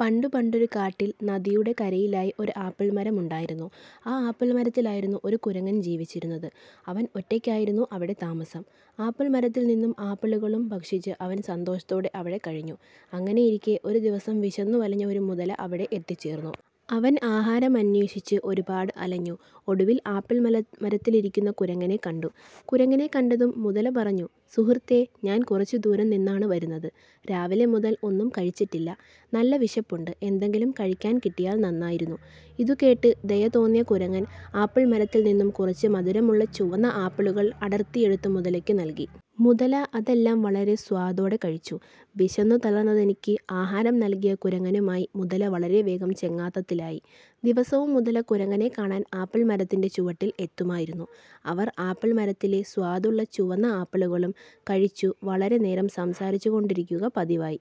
പണ്ടു പണ്ടൊരു കാട്ടിൽ നദിയുടെ കരയിലായി ഒരു ആപ്പിൾ മരം ഉണ്ടായിരുന്നു. ഈ ആപ്പിൾ മരത്തിലായിരുന്നു ഒരു കുരങ്ങൻ ജീവിച്ചിരുന്നത്. അവൻ ഒറ്റയ്ക്കായിരുന്നു അവിടെ താമസം. ആപ്പിൾ മരത്തിൽ നിന്നും ആപ്പിളുകളും ഭക്ഷിച്ച് അവൻ സന്തോഷത്തോടെ അവിടെ കഴിഞ്ഞു. അങ്ങനെയിരിക്കെ ഒരു ദിവസം വിശന്നു വലഞ്ഞ ഒരു മുതല അവിടെ എത്തിച്ചേർന്നു. അവൻ ആഹാരം അന്വേഷിച്ചു ഒരുപാട് അലഞ്ഞു. ഒടുവിൽ ആപ്പിൾ മരത്തിലിരിക്കുന്ന കുരങ്ങനെ കണ്ടു. കുരങ്ങനെ കണ്ടതും മുതല പറഞ്ഞു "സുഹൃത്തേ, ഞാൻ കുറച്ചു ദൂരെ നിന്നാണ് വരുന്നത്. രാവിലെ മുതൽ ഒന്നും കഴിച്ചിട്ടില്ല. നല്ല വിശപ്പുണ്ട് എന്തെങ്കിലും കഴിക്കാൻ കിട്ടിയാൽ നന്നായിരുന്നു. " ഇതു കേട്ട് ദയ തോന്നിയ കുരങ്ങൻ ആപ്പിൾ മരത്തിൽ നിന്നും കുറച്ച് മധുരമുള്ള ചുവന്ന ആപ്പിളുകൾ അടർത്തിയെടുത്തു മുതലയ്ക്കു നൽകി. മുതല അതെല്ലാം വളരെ സ്വാദോടെ കഴിച്ചു. വിശന്നു തളർന്ന തനിക്ക് ആഹാരം നൽകിയ കുരങ്ങനുമായി മുതല വളരെ വേഗം ചങ്ങാത്തത്തിലായി. ദിവസവും മുതല കുരങ്ങനെ കാണാൻ ആപ്പിൾ മരത്തിന്റെ ചുവട്ടിൽ എത്തുമായിരുന്നു. അവർ ആപ്പിൾ മരത്തിലെ സ്വാദുള്ള ചുവന്ന ആപ്പിളുകളും കഴിച്ചു വളരെ നേരം സംസാരിച്ചു കൊണ്ടിരിക്കുക പതിവായി.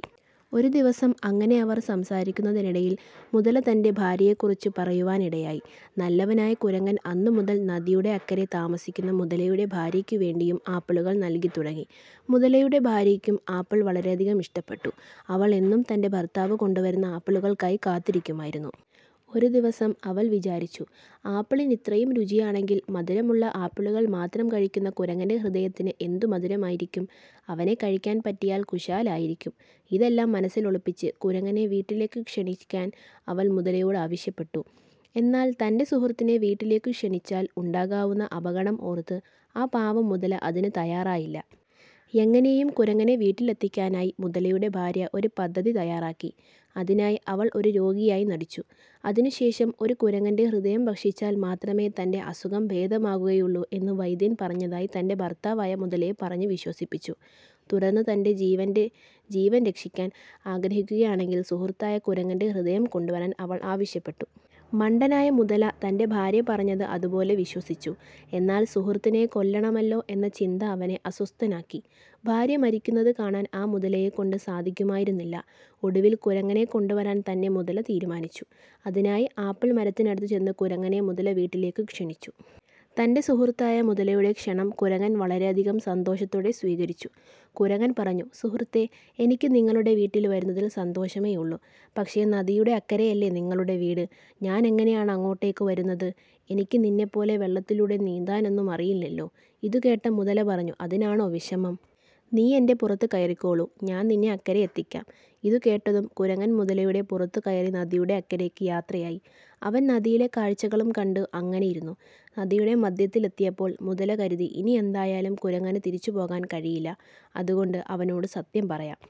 ഒരു ദിവസം അങ്ങനെ അവർ സംസാരിക്കുന്നതിനിടയിൽ മുതല തന്റെ ഭാര്യയെക്കുറിച്ചു പറയുവാനിടയായി. നല്ലവനായ കുരങ്ങൻ അന്നു മുതൽ നദിയുടെ അക്കരെ താമസിക്കുന്ന മുതലയുടെ ഭാര്യയ്ക്കു വേണ്ടിയും ആപ്പിളുകൾ നൽകി തുടങ്ങി. മുതലയുടെ ഭാര്യയ്ക്കും ആപ്പിൾ വളരെയധികം ഇഷ്ടപ്പെട്ടു. അവൾ എന്നും തന്റെ ഭർത്താവ് കൊണ്ടു വരുന്ന ആപ്പിളുകൾക്കായി കാത്തിരിക്കുമായിരുന്നു. ഒരു ദിവസം അവൾ വിചാരിച്ചു "ആപ്പിളിന് ഇത്രയും രുചിയാണെങ്കിൽ മധുരമുള്ള ആപ്പിളുകൾ മാത്രം കഴിക്കുന്ന കുരങ്ങന്റെ ഹൃദയത്തിന് എന്തു മധുരമായിരിക്കും? അവനെ കഴിക്കാൻ പറ്റിയാൽ കുശാലായിരിക്കും". ഇതെല്ലാം മനസ്സിലൊളിപ്പിച്ച് കുരങ്ങനെ വീട്ടിലേക്ക് ക്ഷണിക്കാൻ അവൾ മുതലയോട് ആവശ്യപ്പെട്ടു. എന്നാൽ തന്റെ സുഹൃത്തിനെ വീട്ടിലേക്കു ക്ഷണിച്ചാൽ ഉണ്ടാകാവുന്ന അപകടം ഓർത്ത് ആ പാവം മുതല അതിനു തയ്യാറായില്ല. എങ്ങനെയും കുരങ്ങനെ വീട്ടിൽ എത്തിക്കാനായി മുതലയുടെ ഭാര്യ ഒരു പദ്ധതി തയ്യാറാക്കി. അതിനായി അവൾ ഒരു രോഗിയായി നടിച്ചു. അതിനു ശേഷം ഒരു കുരങ്ങന്റെ ഹൃദയം ഭക്ഷിച്ചാൽ മാത്രമേ തന്റെ അസുഖം ഭേദമാകുകയുള്ളൂ എന്ന് വൈദ്യൻ പറഞ്ഞതായി തന്റെ ഭർത്താവായ മുതലയെ പറഞ്ഞു വിശ്വസിപ്പിച്ചു. തുടർന്ന് തന്റെ ജീവൻ രക്ഷിക്കാൻ ആഗ്രഹിക്കുകയാണെങ്കിൽ സുഹൃത്തായ കുരങ്ങന്റെ ഹൃദയം കൊണ്ടുവരാൻ അവൾ ആവശ്യപ്പെട്ടു. മണ്ടനായ മുതല തന്റെ ഭാര്യ പറഞ്ഞത് അതുപോലെ വിശ്വസിച്ചു. എന്നാൽ സുഹൃത്തിനെ കൊല്ലണമല്ലോ എന്ന ചിന്ത അവനെ അസ്വസ്ഥനാക്കി. ഭാര്യ മരിക്കുന്നത് കാണാൻ ആ മുതലയെ കൊണ്ട് സാധിക്കുമായിരുന്നില്ല. ഒടുവിൽ കുരങ്ങനെ കൊണ്ടു വരാൻ തന്നെ മുതല തീരുമാനിച്ചു. അതിനായി ആപ്പിൾ മരത്തിനടുത്തു ചെന്ന് കുരങ്ങനെ മുതല വീട്ടിലേക്ക് ക്ഷണിച്ചു. തന്റെ സുഹൃത്തായ മുതലയുടെ ക്ഷണം കുരങ്ങൻ വളരെയധികം സന്തോഷത്തോടെ സ്വീകരിച്ചു. കുരങ്ങൻ പറഞ്ഞു "സുഹൃത്തേ, എനിക്ക് നിങ്ങളുടെ വീട്ടിൽ വരുന്നതിൽ സന്തോഷമേയുള്ളൂ. പക്ഷേ നദിയുടെ അക്കരെയല്ലേ നിങ്ങളുടെ വീട്. ഞാൻ എങ്ങനെയാണ് അങ്ങോട്ടേക്ക് വരുന്നത്? എനിക്ക് നിന്നെ പോലെ വെള്ളത്തിലൂടെ നീന്താനൊന്നും അറിയില്ലല്ലോ? " ഇതു കേട്ട മുതല പറഞ്ഞു "അതിനാണോ വിഷമം. നീ എന്റെ പുറത്തു കയറിക്കോളൂ. ഞാൻ നിന്നെ അക്കരെ എത്തിക്കാം. " ഇതു കേട്ടതും കുരങ്ങൻ മുതലയുടെ പുറത്തു കയറി നദിയുടെ അക്കരേയ്ക്ക് യാത്രയായി. അവൻ നദിയിലെ കാഴ്ചകളും കണ്ടു അങ്ങനെ ഇരുന്നു. നദിയുടെ മധ്യത്തിൽ എത്തിയപ്പോൾ മുതല കരുതി "ഇനി എന്തായാലും കുരങ്ങനു തിരിച്ചു പോകാൻ കഴിയില്ല. അതുകൊണ്ട് അവനോടു സത്യം പറയാം. "